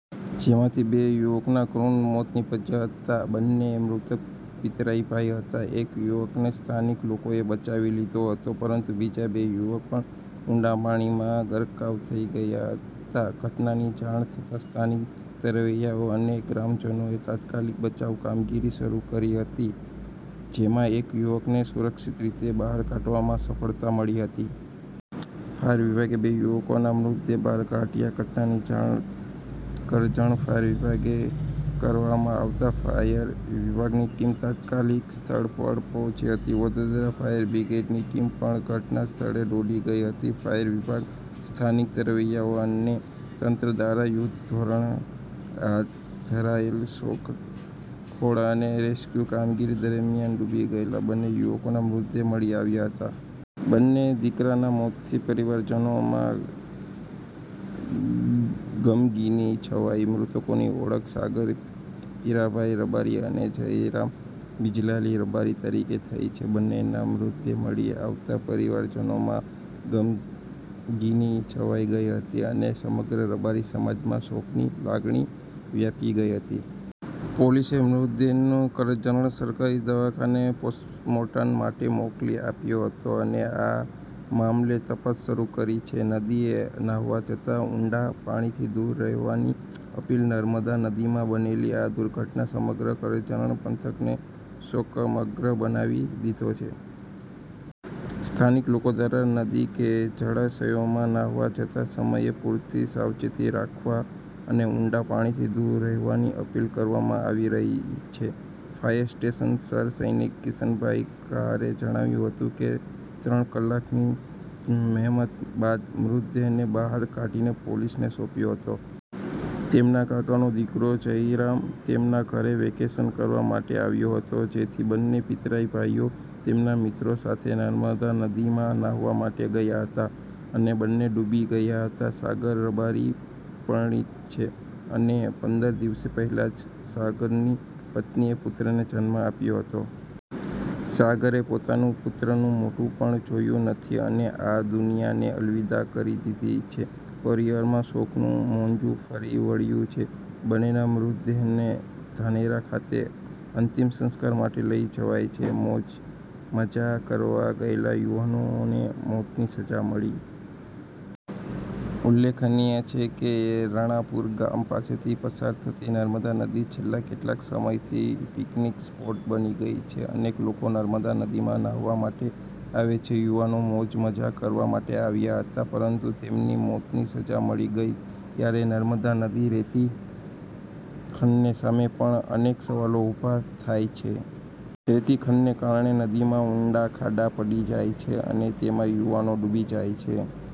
જેમાંથી બે યુવકના કરુણ મોત નિપજ્યા હતા. બંને મૃતક પિતરાઈ ભાઈ હતા. એક યુવક ને સ્થાનિક લોકોએ બચાવી લીધો હતો, પરંતુ બીજા બે યુવક પણ ઊંડા પાણીમાં ગરકાવ થઈ ગયા હતા. ઘટનાની જાણ થતાં સ્થાનિક તરવૈયાઓ અને ગ્રામજનોએ તાત્કાલિક બચાવ કામગીરી શરૂ કરી હતી, જેમાં એક યુવકને સુરક્ષિત રીતે બહાર કાઢવામાં સફળતા મળી હતી. ફાયર વિભાગે બે યુવકોના મૃતદેહ બહાર કાઢ્યા, ઘટનાની જાણ કરજણ ફાયર વિભાગને કરવામાં આવતા ફાયર વિભાગની ટીમ તાત્કાલિક સ્થળ પર પહોંચી હતી. વડોદરા ફાયર બ્રિગેડની ટીમ પણ ઘટના સ્થળે દોડી ગઈ હતી. ફાયર વિભાગ, સ્થાનિક તરવૈયાઓ અને તંત્ર દ્વારા યુદ્ધના ધોરણે હાથ ધરાયેલી શોધખોળ અને રેસ્ક્યુ કામગીરી દરમિયાન ડૂબી ગયેલા બંને યુવકોના મૃતદેહ મળી આવ્યા હતા. બંને દીકરાના મોતથી પરિવારજનોમાં ગમગીની છવાઈ મૃતકોની ઓળખ સાગર પીરાભાઈ રબારી અને જયરામ બિજલાજી રબારી તરીકે થઈ છે. બંનેના મૃતદેહ મળી આવતા પરિવારજનોમાં ગમગીની છવાઈ ગઈ હતી અને સમગ્ર રબારી સમાજમાં શોકની લાગણી વ્યાપી ગઈ હતી. પોલીસે મૃતદેહને કરજણ સરકારી દવાખાને પોસ્ટમોર્ટમ માટે મોકલી આપ્યો હતો અને આ મામલે તપાસ શરૂ કરી છે. નદી એ નાહવા જતાં ઊંડા પાણીથી દૂર રહેવાની અપીલ. નર્મદા નદીમાં બનેલી આ દુર્ઘટનાએ સમગ્ર કરજણ પંથકને શોકમગ્ન બનાવી દીધો છે. સ્થાનિક લોકો દ્વારા નદી કે જળાશયોમાં નાહવા જતાં સમયે પૂરતી સાવચેતી રાખવા અને ઊંડા પાણીથી દૂર રહેવાની અપીલ કરવામાં આવી રહી છે. ફાયર સ્ટેશનના સર સૈનિક કિશનભાઈ કહારે જણાવ્યું હતું કે, "ત્રણ કલાકની જહેમત બાદ મૃતદેહને બહાર કાઢીને પોલીસને સોંપ્યો હતો. તેમના કાકાનો દીકરો જયરામ તેમના ઘરે વેકેશન કરવા માટે આવ્યો હતો. જેથી બંને પિતરાઈ ભાઈઓ, તેમના મિત્રો સાથે નર્મદા નદીમાં નાહવા માટે ગયા હતા, અને બંને ડૂબી ગયા હતા. સાગર રબારી પરિણીત છે, અને પંદર દિવસ પહેલા જ સાગરની પત્નીએ પુત્રને જન્મ આપ્યો હતો. સાગરે પોતાનો પુત્રનું મોઢું પણ જોયું નથી, અને આ દુનિયાને અલવિદા કરી દીધી છે. પરિવારમાં શોકનું મોજું ફરી વળ્યુ છે. બંનેના મૃતદેહોને ધાનેરા ખાતે અંતિમ સંસ્કાર માટે લઈ જવાયા છે. મોજ મજા કરવા ગયેલા યુવાનોને મોતની સજા મળી." ઉલ્લેખનીય છે કે, રણાપુર ગામ પાસેથી પસાર થતી નર્મદા નદી છેલ્લા કેટલાક સમયથી પિકનિક સ્પોટ બની ગઈ છે. અનેક લોકો નર્મદા નદીમાં નાહવા માટે આવે છે. યુવાનો મોજ મજા કરવા માટે આવ્યા હતા પરંતુ તેમને મોતની સજા મળી ગઈ, ત્યારે નર્મદા નદીમાં રેતી ખનન સામે પણ અનેક સવાલો ઊભા થયા છે. રેતી ખનનને કારણે નદીમાં ઊંડા ખાડા પડી જાય છે અને તેમાં યુવાનો ડૂબી જાય છે.